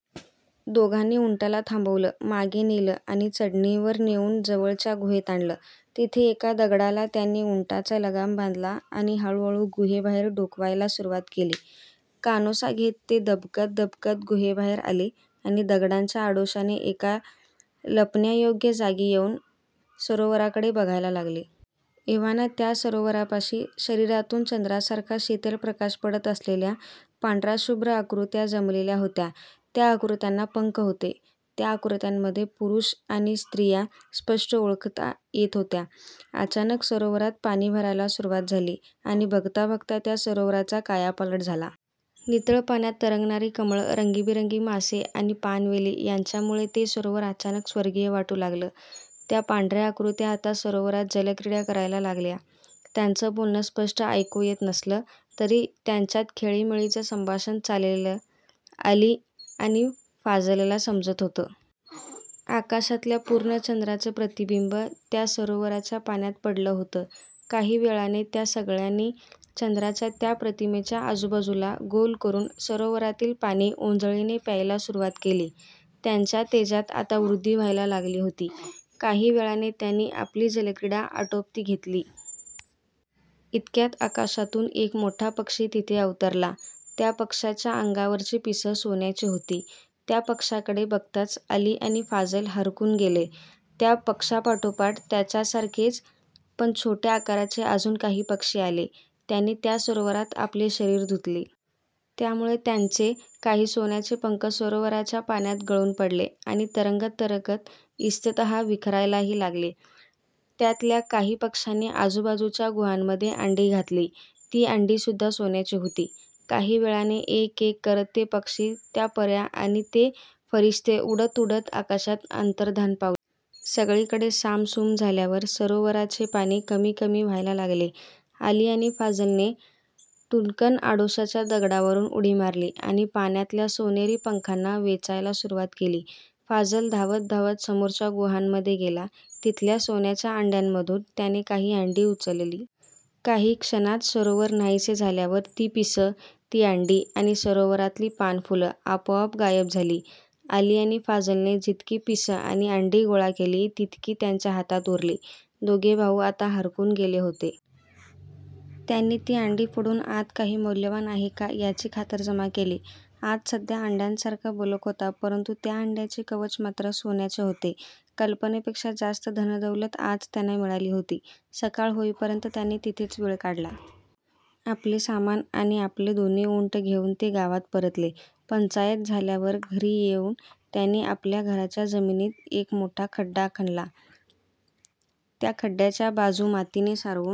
दोघांनी उंटाला थांबवलं, मागे नेलं आणि चढणीवर नेऊन जवळच्या गुहेत आणलं. तिथे एका दगडाला त्यांनी उंटांचा लगाम बांधला आणि हळूच गुहेबाहेर डोकावायला सुरुवात केली. कानोसा घेत ते दबकत दबकत गुहेबाहेर आले आणि दगडांच्या आडोशाने एका लपण्यायोग्य जागी येऊन सरोवराकडे बघायला लागले. एव्हाना त्या सरोवरापाशी शरीरातून चंद्रासारखा शीतल प्रकाश पडत असलेल्या पांढऱ्या शुभ्र आकृत्या जमलेल्या होत्या. त्या आकृत्यांना पंख होते. त्या आकृत्यांमध्ये पुरुष आणि स्त्रिया स्पष्ट ओळखता येत होत्या. अचानक सरोवरात पाणी भरायला सुरुवात झाली आणि बघता बघता त्या सरोवराचा कायापालट झाला. नितळ पाण्यात तरंगणारी कमळं, रंगीबेरंगी मासे आणि पाणवेली यांच्यामुळे ते सरोवर अचानक स्वर्गीय वाटू लागलं. त्या पांढऱ्या आकृत्या आता सरोवरात जलक्रीडा करायला लागल्या. त्यांचं बोलणं स्पष्ट ऐकू येत नसलं, तरी त्यांच्यात खेळीमेळीचं संभाषण चाललेलं अली आणि फाझलला समजत होतं. आकाशातल्या पूर्ण चंद्राचं प्रतिबिंब त्या सरोवराच्या पाण्यात पडलं होतं. काही वेळाने त्या सगळ्यांनी चंद्राच्या त्या प्रतिमेच्या आजूबाजूला गोल करून सरोवरातील पाणी ओंजळीने प्यायला सुरुवात केली. त्यांच्या तेजात आता वृद्धी व्हायला लागली होती. काही वेळाने त्यांनी आपली जलक्रीडा आटोपती घेतली. इतक्यात आकाशातून एक मोठा पक्षी तिथे अवतरला. त्या पक्ष्याच्या अंगावरची पिसं सोन्याची होती. त्या पक्ष्याकडे बघताच अली आणि फाझल हरखून गेले. त्या पक्ष्यापाठोपाठ त्याच्यासारखेच पण छोट्या आकाराचे अजून काही पक्षी आले. त्यांनी त्या सरोवरात आपले शरीर धुतले. त्यामुळे त्यांचे काही सोन्याचे पंख सरोवराच्या पाण्यात गळून पडले आणि तरंगत तरंगत इतस्ततः विखरायला लागले. त्यातल्या काही पक्ष्यांनी आजूबाजूच्या गुहांमध्ये अंडी घातली. ती अंडी सुद्धा सोन्याची होती. काही वेळाने एक एक करत ते पक्षी, त्या पऱ्या आणि ते फरिश्ते उडत उडत आकाशात अंतर्धान पावले. सगळीकडे सामसूम झाल्यावर सरोवराचे पाणी कमी कमी व्हायला लागले. अली आणि फाझलने टुणकन आडोशाच्या दगडावरून उडी मारली आणि पाण्यातल्या सोनेरी पंखांना वेचायला सुरुवात केली. फाझल धावत धावत समोरच्या गुहांमध्ये गेला. तिथल्या सोन्याच्या अंड्यांमधून त्याने काही अंडी उचलली. काही क्षणात सरोवर नाहीसे झाल्यावर ती पिसं, ती अंडी आणि सरोवरातली पानंफुलं आपोआप गायब झाली. अली आणि फाझलने जितकी पिसं आणि अंडी गोळा केली तितकी त्यांच्या हातात उरली. दोघे भाऊ आता हरखून गेले होते. त्यांनी ती अंडी फोडून आत काही मौल्यवान आहे का, याची खातरजमा केली. आत साध्या अंड्यांसारखा बलक होता, परंतु त्या अंड्यांचे कवच मात्र सोन्याचे होते. कल्पनेपेक्षा जास्त धनदौलत आज त्यांना मिळाली होती. सकाळ होईपर्यंत त्यांनी तिथेच वेळ काढला. आपले सामान आणि आपले दोन्ही उंट घेऊन ते गावात परतले. पंचायत झाल्यावर घरी येऊन त्यांनी आपल्या घराच्या जमिनीत एक मोठा खड्डा खणला. त्या खड्ड्याच्या बाजू मातीने सारवून